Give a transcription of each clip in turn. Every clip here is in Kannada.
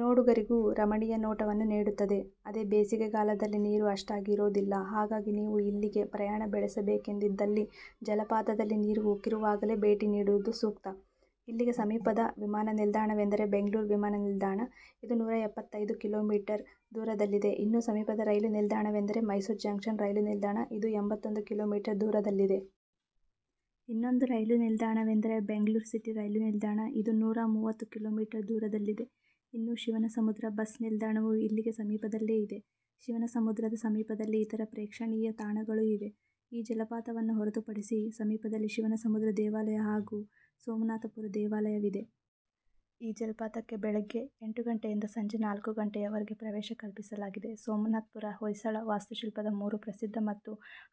ನೋಡುಗರಿಗೂ ರಮಣೀಯ ನೋಟವನ್ನು ನೀಡುತ್ತದೆ. ಅದೇ ಬೇಸಿಗೆಗಾಲದಲ್ಲಿ ನೀರು ಅಷ್ಟಾಗಿ ಇರೋದಿಲ್ಲ. ಹಾಗಾಗಿ ನೀವು ಇಲ್ಲಿಗೆ ಪ್ರಯಾಣ ಬೆಳೆಸಬೇಕೆಂದಿದ್ದಲ್ಲಿ ಜಲಪಾತದಲ್ಲಿ ನೀರು ಉಕ್ಕಿರುವಾಗಲೇ ಭೇಟಿ ನೀಡುವುದು ಸೂಕ್ತ. ಇಲ್ಲಿಗೆ ಸಮೀಪದ ವಿಮಾನ ನಿಲ್ದಾಣವೆಂದರೆ ಬೆಂಗಳೂರು ವಿಮಾನ ನಿಲ್ದಾಣ. ಇದು ನೂರ ಎಪ್ಪತ್ತೈದು ಕಿಲೋಮೀಟರ್ ದೂರದಲ್ಲಿದೆ. ಇನ್ನು ಸಮೀಪದ ರೈಲು ನಿಲ್ದಾಣವೆಂದರೆ ಮೈಸೂರು ಜಂಕ್ಷನ್ ರೈಲು ನಿಲ್ದಾಣ ಇದು ಎಂಬತ್ತೊಂದು ಕಿಲೋಮೀಟರ್ ದೂರದಲ್ಲಿದೆ. ಇನ್ನೊಂದು ರೈಲು ನಿಲ್ದಾಣವೆಂದರೆ ಬೆಂಗಳೂರು ಸಿಟಿ ರೈಲು ನಿಲ್ದಾಣ ಇದು ನೂರ ಮೂವತ್ತು ಕಿಲೋಮೀಟರ್ ದೂರದಲ್ಲಿದೆ. ಇನ್ನು ಶಿವನಸಮುದ್ರ ಬಸ್ ನಿಲ್ದಾಣವು ಇಲ್ಲಿಗೆ ಸಮೀಪದಲ್ಲೇ ಇದೆ. ಶಿವನಸಮುದ್ರದ ಸಮೀಪದಲ್ಲಿ ಇತರ ಪ್ರೇಕ್ಷಣೀಯ ತಾಣಗಳೂ ಇವೆ. ಈ ಜಲಪಾತವನ್ನು ಹೊರತುಪಡಿಸಿ ಸಮೀಪದಲ್ಲಿ ಶಿವನಸಮುದ್ರ ದೇವಾಲಯ ಹಾಗೂ ಸೋಮನಾಥಪುರ ದೇವಾಲಯವಿದೆ. ಈ ಜಲಪಾತಕ್ಕೆ ಬೆಳಗ್ಗೆ ಎಂಟು ಗಂಟೆಯಿಂದ ಸಂಜೆ ನಾಲ್ಕು ಗಂಟೆಯವರೆಗೆ ಪ್ರವೇಶ ಕಲ್ಪಿಸಲಾಗಿದೆ. ಸೋಮನಾಥ್ಪುರ್ ಹೊಯ್ಸಳ ವಾಸ್ತುಶಿಲ್ಪದ ಮೂರು ಪ್ರಸಿದ್ಧ ಮತ್ತು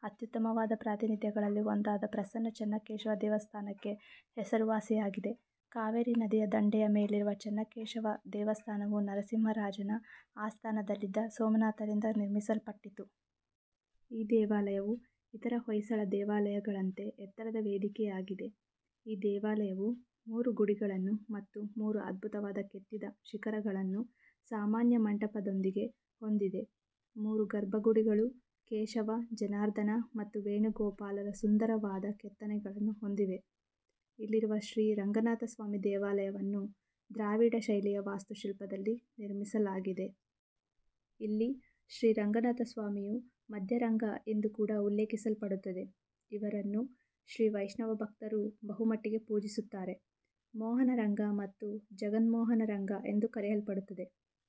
ಅತ್ಯುತ್ತಮವಾದ ಪ್ರಾತಿನಿಧ್ಯಗಳಲ್ಲಿ ಒಂದಾದ ಪ್ರಸನ್ನ ಚೆನ್ನಕೇಶವ ದೇವಸ್ಥಾನಕ್ಕೆ ಹೆಸರುವಾಸಿಯಾಗಿದೆ. ಕಾವೇರಿ ನದಿಯ ದಂಡೆಯ ಮೇಲಿರುವ ಚೆನ್ನಕೇಶವ ದೇವಸ್ಥಾನವು ನರಸಿಂಹ ರಾಜನ ಆಸ್ಥಾನದಲ್ಲಿದ್ದ ಸೋಮನಾಥರಿಂದ ನಿರ್ಮಿಸಲ್ಪಟ್ಟಿತು. ಈ ದೇವಾಲಯವು ಇತರ ಹೊಯ್ಸಳ ದೇವಾಲಯಗಳಂತೆ ಎತ್ತರದ ವೇದಿಕೆಯಾಗಿದೆ. ಈ ದೇವಾಲಯವು ಮೂರು ಗುಡಿಗಳನ್ನು ಮತ್ತು ಮೂರು ಅದ್ಭುತವಾದ ಕೆತ್ತಿದ ಶಿಖರಗಳನ್ನು ಸಾಮಾನ್ಯ ಮಂಟಪದೊಂದಿಗೆ ಹೊಂದಿದೆ. ಮೂರು ಗರ್ಭಗುಡಿಗಳು ಕೇಶವ, ಜನಾರ್ಧನ ಮತ್ತು ವೇಣುಗೋಪಾಲರ ಸುಂದರವಾದ ಕೆತ್ತನೆಗಳನ್ನು ಹೊಂದಿವೆ. ಇಲ್ಲಿರುವ ಶ್ರೀ ರಂಗನಾಥಸ್ವಾಮಿ ದೇವಾಲಯವನ್ನು ದ್ರಾವಿಡ ಶೈಲಿಯ ವಾಸ್ತುಶಿಲ್ಪದಲ್ಲಿ ನಿರ್ಮಿಸಲಾಗಿದೆ. ಇಲ್ಲಿ ಶ್ರೀ ರಂಗನಾಥಸ್ವಾಮಿಯು "ಮಧ್ಯ ರಂಗ" ಎಂದು ಕೂಡ ಉಲ್ಲೇಖಿಸಲ್ಪಡುತ್ತದೆ. ಇವರನ್ನು ಶ್ರೀ ವೈಷ್ಣವ ಭಕ್ತರು ಬಹುಮಟ್ಟಿಗೆ ಪೂಜಿಸುತ್ತಾರೆ. ಮೋಹನ ರಂಗ ಮತ್ತು ಜಗದ್ಮೋಹನ ರಂಗ ಎಂದು ಕರೆಯಲ್ಪಡುತ್ತದೆ.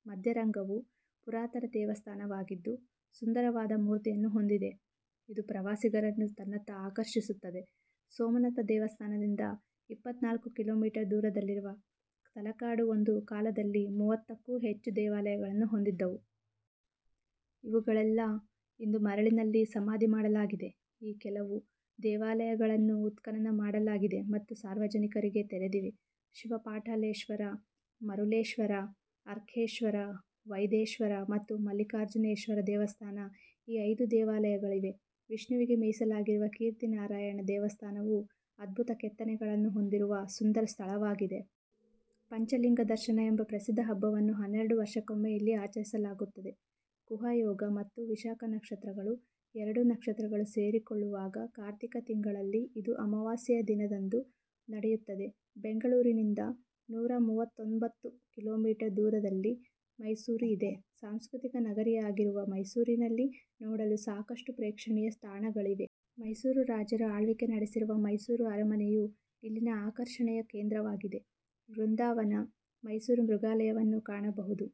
ಮಧ್ಯ ರಂಗವು ಪುರಾತನ ದೇವಸ್ಥಾನವಾಗಿದ್ದು ಸುಂದರವಾದ ಮೂರ್ತಿಯನ್ನು ಹೊಂದಿದೆ. ಇದು ಪ್ರವಾಸಿಗರನ್ನು ತನ್ನತ್ತ ಆಕರ್ಷಿಸುತ್ತದೆ. ಸೋಮನಾಥ ದೇವಸ್ಥಾನದಿಂದ ಇಪ್ಪತ್ನಾಲ್ಕು ಕಿಲೋಮೀಟರ್ ದೂರದಲ್ಲಿರುವ ತಲಕಾಡು ಒಂದು ಕಾಲದಲ್ಲಿ ಮೂವತ್ತಕ್ಕೂ ಹೆಚ್ಚು ದೇವಾಲಯಗಳನ್ನು ಹೊಂದಿದ್ದವು. ಇವುಗಳೆಲ್ಲಾ ಇಂದು ಮರಳಿನಲ್ಲಿ ಸಮಾಧಿ ಮಾಡಲಾಗಿದೆ. ಈ ಕೆಲವು ದೇವಾಲಯಗಳನ್ನು ಉತ್ಖನನ ಮಾಡಲಾಗಿದೆ ಮತ್ತು ಸಾರ್ವಜನಿಕರಿಗೆ ತೆರೆದಿವೆ. ಶಿವ ಪಾಠಲೇಶ್ವರ, ಮರೂಲೆಶ್ವರ, ಅರ್ಕೇಶ್ವರ, ವೈದೇಶ್ವರ ಮತ್ತು ಮಲ್ಲಿಕಾರ್ಜುನೇಶ್ವರ ದೇವಸ್ಥಾನ ಈ ಐದು ದೇವಾಲಯಗಳಿವೆ. ವಿಷ್ಣುವಿಗೆ ಮೀಸಲಾಗಿರುವ ಕೀರ್ತಿನಾರಾಯಣ ದೇವಸ್ಥಾನವು ಅದ್ಭುತ ಕೆತ್ತನೆಗಳನ್ನು ಹೊಂದಿರುವ ಸುಂದರ ಸ್ಥಳವಾಗಿದೆ. ಪಂಚ ಲಿಂಗ ದರ್ಶನ ಎಂಬ ಪ್ರಸಿದ್ಧ ಹಬ್ಬವನ್ನು ಹನ್ನೆರಡು ವರ್ಷಕ್ಕೊಮ್ಮೆ ಇಲ್ಲಿ ಆಚರಿಸಲಾಗುತ್ತದೆ. ಖುಹಾ ಯೋಗ ಮತ್ತು ವಿಶಾಕ ನಕ್ಷತ್ರಗಳು ಎರಡು ನಕ್ಷತ್ರಗಳು ಸೇರಿಕೊಳ್ಳುವಾಗ ಕಾರ್ತಿಕಾ ತಿಂಗಳಲ್ಲಿ ಇದು ಅಮಾವಾಸ್ಯೆಯ ದಿನದಂದು ನಡೆಯುತ್ತದೆ. ಬೆಂಗಳೂರಿನಿಂದ ನೂರ ಮೂವತ್ತೊಂಬತ್ತು ಕಿಲೋಮೀಟರ್ ದೂರದಲ್ಲಿ ಮೈಸೂರು ಇದೆ. ಸಾಂಸ್ಖೃತಿಕ ನಗರಿಯಾಗಿರುವ ಮೈಸೂರಿನಲ್ಲಿ ನೋಡಲು ಸಾಕಷ್ಟು ಪ್ರೇಕ್ಷಣೀಯ ತಾಣಗಳಿವೆ. ಮೈಸೂರು ರಾಜರು ಆಳ್ವಿಕೆ ನಡೆಸಿರುವ ಮೈಸೂರು ಅರಮನೆಯು ಇಲ್ಲಿನ ಆಕರ್ಷಣೆಯ ಕೇಂದ್ರವಾಗಿದೆ. ವೃಂದಾವನ, ಮೈಸೂರು ಮೃಗಾಲಯವನ್ನು ಕಾಣಬಹುದು.